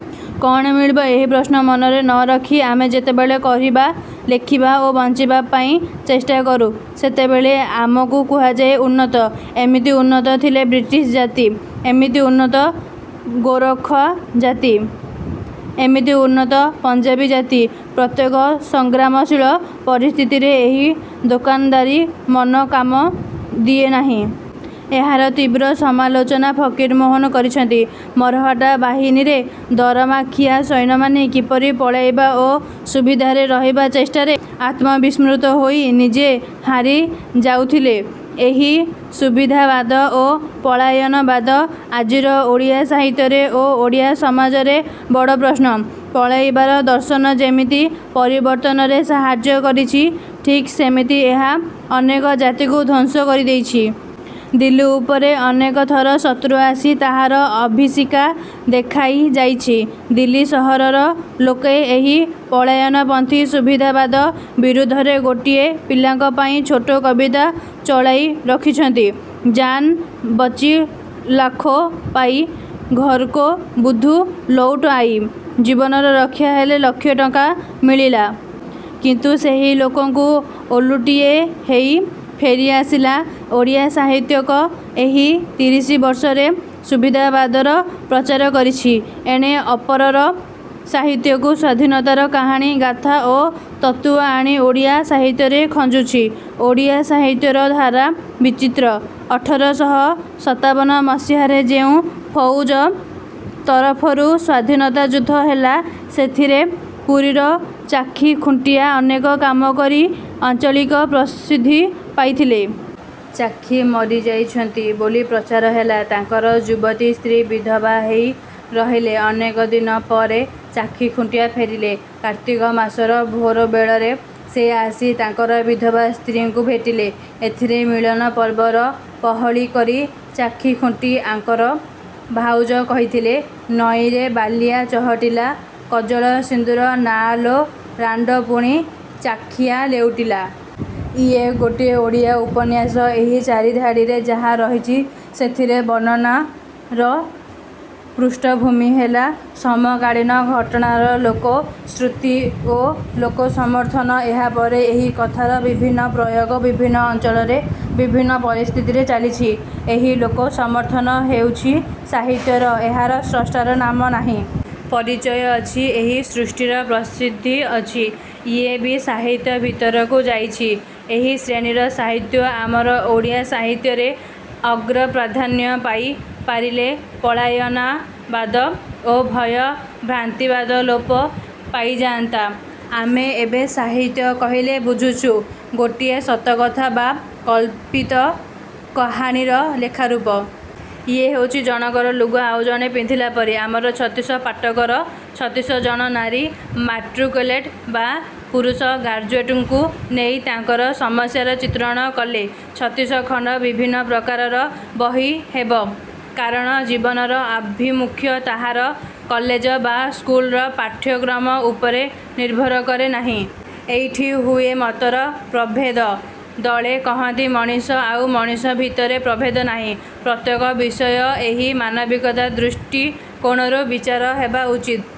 କ'ଣ ମିଳିବ? -ଏହି ପ୍ରଶ୍ନ ମନରେ ନ ରଖି ଆମେ ଯେତେବେଳେ କରିବା, ଲେଖିବା ଓ ବଞ୍ଚିବା ପାଇଁଚେଷ୍ଟା କରୁ ସେତେବେଳେ ଆମକୁ କୁହାଯାଏ ଉନ୍ନତ। ଏମିତି ଉନ୍ନତ ଥିଲେ ବ୍ରିଟିଶ ଜାତି। ଏମିତି ଉନ୍ନତ ଗୋରଖା ଜାତି। ଏମିତି ଉନ୍ନତ ପଞ୍ଜାବୀ ଜାତି। ପ୍ରତ୍ୟେକ ସଂଗ୍ରାମଶୀଳ ପରିସ୍ଥିତିରେ ଏହି ଦୋକାନଦାରୀ ମନ କାମ ଦିଏ ନାହିଁ। ଏହାର ତୀବ୍ର ସମାଲୋଚନା ଫକୀରମୋହନ କରିଛନ୍ତି। ମରହଟ୍ଟା ବାହିନୀରେ ଦରମାଖିଆ ସୈନ୍ୟମାନେ କିପରି ପଳାଇବା ଓ ସୁବିଧାରେ ରହିବା ଚେଷ୍ଟାରେ ଆତ୍ମବିସ୍ମୃତ ହୋଇ ନିଜେ ହାରି ଯାଉଥିଲେ। ଏହି ସୁବିଧାବାଦ ଓ ପଳାୟନବାଦ ଆଜିର ଓଡ଼ିଆ ସାହିତ୍ୟରେ ଓ ଓଡ଼ିଆ ସମାଜରେ ବଡ଼ ପ୍ରଶ୍ନ। ପଳାଇବାର ଦର୍ଶନ ଯେମିତି ପରିବର୍ତ୍ତନରେ ସାହାଯ୍ୟ କରିଛି ଠିକ୍ ସେମିତି ଏହା ଅନେକ ଜାତିକୁ ଧ୍ୱଂସ କରି ଦେଇଛି। ଦିଲ୍ଲୀ ଉପରେ ଅନେକଥର ଶତ୍ରୁ ଆସି ତାହାର ବିଭୀଷିକା ଦେଖାଇ ଯାଇଛି। ଦିଲ୍ଲୀ ସହରର ଲୋକେ ଏହି ପଳାୟନପନ୍ଥୀ ସୁବିଧାବାଦ ବିରୁଦ୍ଧରେ ଗୋଟିଏ ପିଲାଙ୍କ ପାଇଁ ଛୋଟ କବିତା ଚଳାଇ ରଖିଛନ୍ତି- ଜାନ୍ ବଚ୍ଚି ଲାଖୋ ପାଇ ଘରକୋ ବୁଦ୍ଧୁ ଲୌଟ୍ ଆଇ। ଜୀବନ ରକ୍ଷା ହେଲେ ଲକ୍ଷେ ଟଙ୍କା ମିଳିଲା। କିନ୍ତୁ ସେହି ଲୋକଟି ଓଲୁଟିଏ ହେଇ ଫେରି ଆସିଲା। ଓଡ଼ିଆ ସାହିତ୍ୟିକ ଏହି ତିରିଶିବର୍ଷରେ ସୁବିଧାବାଦର ପ୍ରଚାର କରିଛି। ଏଣେ ଅପରର ସାହିତ୍ୟରୁ ସ୍ୱାଧୀନତାର କାହାଣୀ, ଗାଥା ଓ ତତ୍ତ୍ୱ ଆଣି ଓଡ଼ିଆ ସାହିତ୍ୟରେ ଖଞ୍ଜୁଛି। ଓଡ଼ିଆ ସାହିତ୍ୟର ଧାରା ବିଚିତ୍ର। ଅଠରଶହ ସତାବନ ମସିହାରେ ଯେଉଁ ଫୌଜ ତରଫରୁ ସ୍ୱାଧୀନତା ଯୁଦ୍ଧ ହେଲା ସେଥିରେ ପୁରୀର ଚାଖି ଖୁଣ୍ଟିଆ ଅନେକ କାମ କରି ଆଞ୍ଚଳିକ ପ୍ରସିଦ୍ଧି ପାଇଥିଲେ। ଚାଖି ମରିଯାଇଛନ୍ତି ବୋଲି ପ୍ରଚାର ହେଲା। ତାଙ୍କର ଯୁବତୀ ସ୍ତ୍ରୀ ବିଧବା ହେଇ ରହିଲେ। ଅନେକ ଦିନ ପରେ ଚାଖିଖୁଣ୍ଟିଆ ଫେରିଲେ। କାର୍ତ୍ତିକ ମାସର ଭୋର ବେଳରେ ସେ ଆସି ତାଙ୍କର ବିଧବା ସ୍ତ୍ରୀଙ୍କୁ ଭେଟିଲେ। ଏଥିରେ ମିଳନ ପର୍ବର ପହଳି କରି ଚାଖିଖୁଣ୍ଟି ଆଙ୍କର ଭାଉଜ କହିଥିଲେ- ନଈରେ ବାଳିଆ ଚହଟିଲା କଜଳ ସିନ୍ଦୂର ନାଆ ଲୋ ରାଣ୍ତ ପୁଣି ଚାଖିଆ ଲେଉଟିଲା। ଇଏ ଗୋଟିଏ ଓଡ଼ିଆ ଉପନ୍ୟାସ। ଏହି ଚାରିଧାଡ଼ିରେ ଯାହା ରହିଛି ସେଥିରେ ବର୍ଣ୍ଣନାର ପୃଷ୍ଠଭୂମି ହେଲା ସମକାଳୀନ ଘଟଣାର ଲୋକ-ଶୃତି ଓ ଲୋକ-ସମର୍ଥନ। ଏହାପରେ ଏହି କଥାର ବିଭିନ୍ନ ପ୍ରୟୋଗ ବିଭିନ୍ନ ଅଞ୍ଚଳରେ ବିଭିନ୍ନ ପରିସ୍ଥିତିରେ ଚାଲିଛି। ଏହି ଲୋକ-ସମର୍ଥନ ହେଉଛି ସାହିତ୍ୟର। ଏହାର ସ୍ରଷ୍ଟାର ନାମ ନାହିଁ। ପରିଚୟ ଅଛି। ଏହି ସୃଷ୍ଟିର ପ୍ରସିଦ୍ଧି ଅଛି। ଇଏ ବି ସାହିତ୍ୟ ଭିତରକୁ ଯାଇଛି। ଏହି ଶ୍ରେଣୀର ସାହିତ୍ୟ ଆମର ଓଡ଼ିଆ ସାହିତ୍ୟରେ ଅଗ୍ରପ୍ରାଧାନ୍ୟ ପାଇ ପାରିଲେ ପଳାୟନବାଦ ଓ ଭୟ-ଭ୍ରାନ୍ତିବାଦ ଲୋପ ପାଇଯାନ୍ତା। ଆମେ ଏବେ ସାହିତ୍ୟ କହିଲେ ବୁଝୁଛୁ ଗୋଟିଏ ସତକଥା ବା କଳ୍ପିତ କାହାଣୀର ଲେଖାରୂପ। ଇଏ ହେଉଛି ଜଣକର ଲୁଗା ଆଉ ଜଣେ ପିନ୍ଧିଲା ପରି। ଆମର ଛତିଶ ପାଟକର ଛତିଶଜଣ ନାରୀ ମାଟ୍ରିକୁଲେଟ୍ ବା ପୁରୁଷ ଗ୍ରାଜୁଏଟଙ୍କୁ ନେଇ ତାଙ୍କର ସମସ୍ୟାର ଚିତ୍ରଣ କଲେ ଛତିଶଖଣ୍ତ ବିଭିନ୍ନ ପ୍ରକାରର ବହି ହେବ। କାରଣ ଜୀବନର ଆଭିମୁଖ୍ୟ ତାହାର କଲେଜ ବା ସ୍କୁଲର ପାଠ୍ୟକ୍ରମ ଉପରେ ନିର୍ଭର କରେ ନାହିଁ। ଏଇଠି ହୁଏ ମତର ପ୍ରଭେଦ।। ଦଳେ କହନ୍ତି ମଣିଷ ଆଉ ମଣିଷ ଭିତରେ ପ୍ରଭେଦ ନାହିଁ। ପ୍ରତ୍ୟେକ ବିଷୟ ଏହି ମାନବିକତା ଦୃଷ୍ଟି କୋଣରୁ ବିଚାର ହେବା ଉଚିତ୍।